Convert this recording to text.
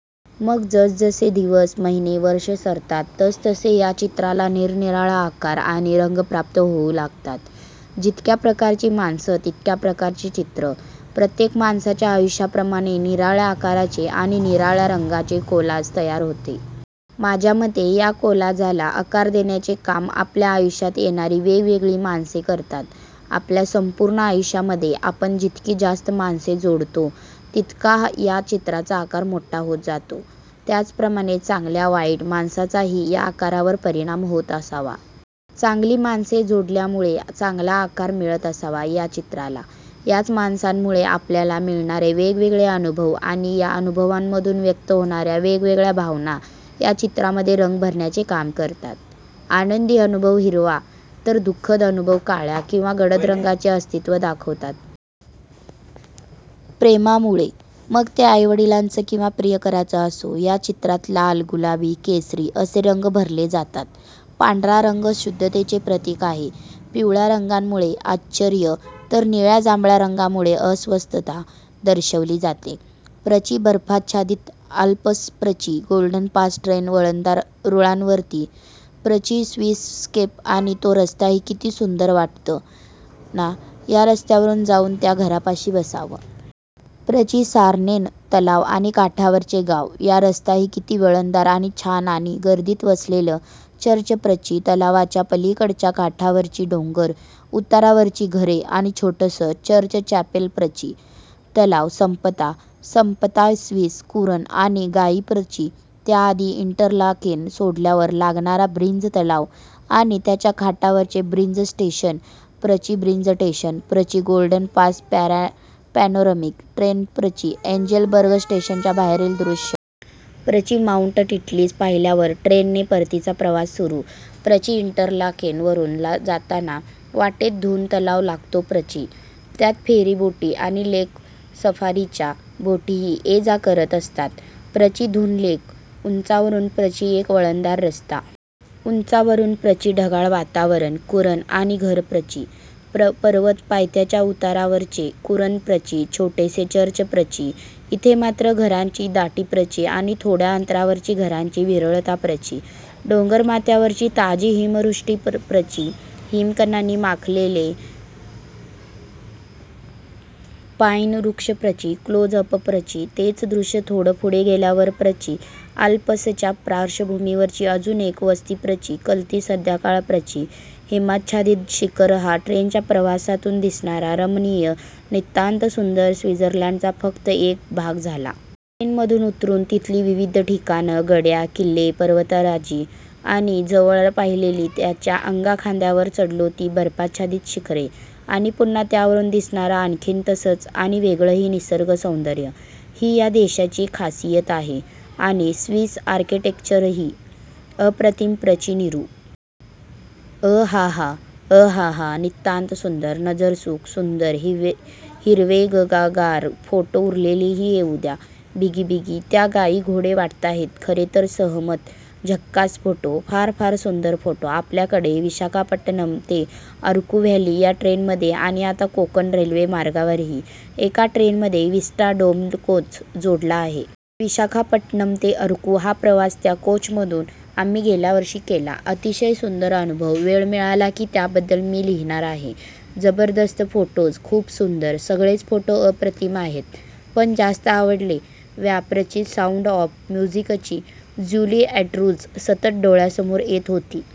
मग जसजसे दिवस, महिने, वर्षे सरतात तसतसे या चित्राला निरनिराळा आकार आणि रंग प्राप्त होऊ लागतात. जितक्या प्रकारची माणसं, तितक्या प्रकारची चित्रं. प्रत्येक माणसाच्या आयुष्याप्रमाणे निराळ्या आकाराचे आणि निराळ्या रंगांचे कोलाज तयार होते. माझ्यामते या कोलाजाला आकार देण्याचे काम आपल्या आयुष्यात येणारी वेगवेगळी माणसे करतात. आपल्या संपूर्ण आयुष्यामध्ये आपण जितकी जास्त माणसे जोडतो तितका या चित्राचा आकार मोठा होत जातो. त्याचप्रमाणे चांगल्या-वाईट माणसांचाही या आकारावर परिणाम होत असावा. चांगली माणसे जोडल्यामुळे चांगला आकार मिळत असावा या चित्राला. याच माणसांमुळे आपल्याला मिळणारे वेगवेगळे अनुभव आणि या अनुभवांमधून व्यक्त होणाऱ्या वेगवेगळ्या भावना या चित्रामध्ये रंग भरण्याचे काम करतात. आनंदी अनुभव हिरवा तर दुखद अनुभव काळ्या किंवा गडद रंगांचे अस्तित्व दाखवतात. प्रेमामुळे, मग ते आई-वडिलांचं किंवा प्रियकराच असो, या चित्रात लाल, गुलाबी, केशरी असे रंग भरले जातात. पांढरा रंग शुद्धतेचे प्रतिक आहे. पिवळया रंगामुळे आश्चर्य तर निळया-जांभळ्या रंगांमुळे अस्वस्थता दर्शविली जाते. प्रचि: बर्फाच्छादित आल्प्सप्रचि: गोल्डन पास ट्रेन वळणदार रुळांवरप्रचि: स्विस स्केपआणि तो रस्ताही किती सुंदरवाटतं ना या रस्त्यावरून जाऊन त्या घरापाशी बसावं? प्रचि: सार्नेन तलाव आणि काठावरचे गाव. हा रस्ताही किती वळणदार आणि छानआणि गर्दीत वसलेलं चर्चप्रचि: तलावाच्या पलीकडच्या काठावरची डोंगर उतारावरची घरे आणि छोटंसं चर्चचॅपेलप्रचि: तलाव संपता संपतास्विस कुरण आणि गायीप्रचि: त्याआधी इंटरलाकेन सोडल्यावर लागणारा ब्रिन्झ तलाव आणि त्याच्या काठावरचे ब्रिन्झ स्टेशन - प्रचि: ब्रिन्झ स्टेशन - प्रचि: गोल्डन पास पॅनोरमिक ट्रेनप्रचि: एंजेल बर्ग स्टेशनच्या बाहेरील दृश्य.. प्रचि: माउंट टिटलिस पाहिल्यावर ट्रेनने परतीचा प्रवास सुरु.. प्रचि: इंटरलाकेन वरून -- ला जाताना, वाटेत थुन तलाव लागतोप्रचि: त्यात फेरीबोटी आणि लेक सफारीच्या बोटीही ये-जा करत असतातप्रचि: थुन लेक: उंचावरूनप्रचि: एक वळणदार रस्ता, उंचावरूनप्रचि: ढगाळ वातावरण, कुरणआणि घरप्रचि: पर्वत पायथ्याच्या उतारावरचे कुरणप्रचि: छोटेसे चर्चप्रचि: इथे मात्र घरांची दाटीप्रचि: आणि थोड्या अंतरावरची घरांची विरळताप्रचि: डोंगरमाथ्यावरची ताजी हिमवृष्टीप्रचि: हिमकणांनी माखलेले पाईन वृक्षप्रचि: क्लोज अपप्रचि: तेच दृश्य थोडं पुढे गेल्यावरप्रचि: आल्प्सच्या पार्श्वभूमीवरची अजून एक वस्तीप्रचि: कलती संध्याकाळप्रचि: हिमाच्छादित शिखरहा ट्रेनच्या प्रवासातून दिसणारा रमणीय, नितांत सुंदर स्विझर्लंडचा फक्त एक भाग झाला. ट्रेनमधून उतरून तिथली विविध ठिकाणं, गढ्या, किल्ले, पर्वतराजी आणि जवळून पाहिलेली, ज्यांच्या अंगाखांद्यांवर चढलो ती बर्फाच्छादित शिखरे आणि पुन्हा त्यावरून दिसणारं आणखीन तसंच आणि वेगळंही निसर्ग सौंदर्य; हि या देशाची खासियत आहेआणि स्विस आर्किटेक्चरहीअप्रतिम प्रचि निरु. अहाहाअहाहा, नितांतसुंदर. नजरसुख. सुंदर हिरवेगगगगगार फोटोउरलेलेही येऊ द्या बिगिबिगी. त्या गायी घोडे वाटताहेत खरेतरसहमत। झकास फोटो! फार फार सुंदर फोटो! आपल्याकडे विशाखापट्टणम ते अरकु व्हॅली या ट्रेनमध्ये आणि आता कोकण रेल्वे मार्गावरही एका ट्रेनमध्ये विस्टा डोम कोच जोडला आहे. विशाखापट्टणम ते अरकु हा प्रवास त्या कोचमधून आम्ही गेल्या वर्षी केला. अतिशय सुंदर अनुभव! वेळ मिळाला की त्याबद्दल मी लिहिणार आहे. जबरदस्त फोटोज!!!! खुप सुंदर. सगळेच फोटो अप्रतिम आहेत. पण जास्त आवडले. व्या प्रचित साऊंड ऑफ म्युझिकची ज्युली अँड्र्यूज सतत डोळ्यांसमोर येत होती.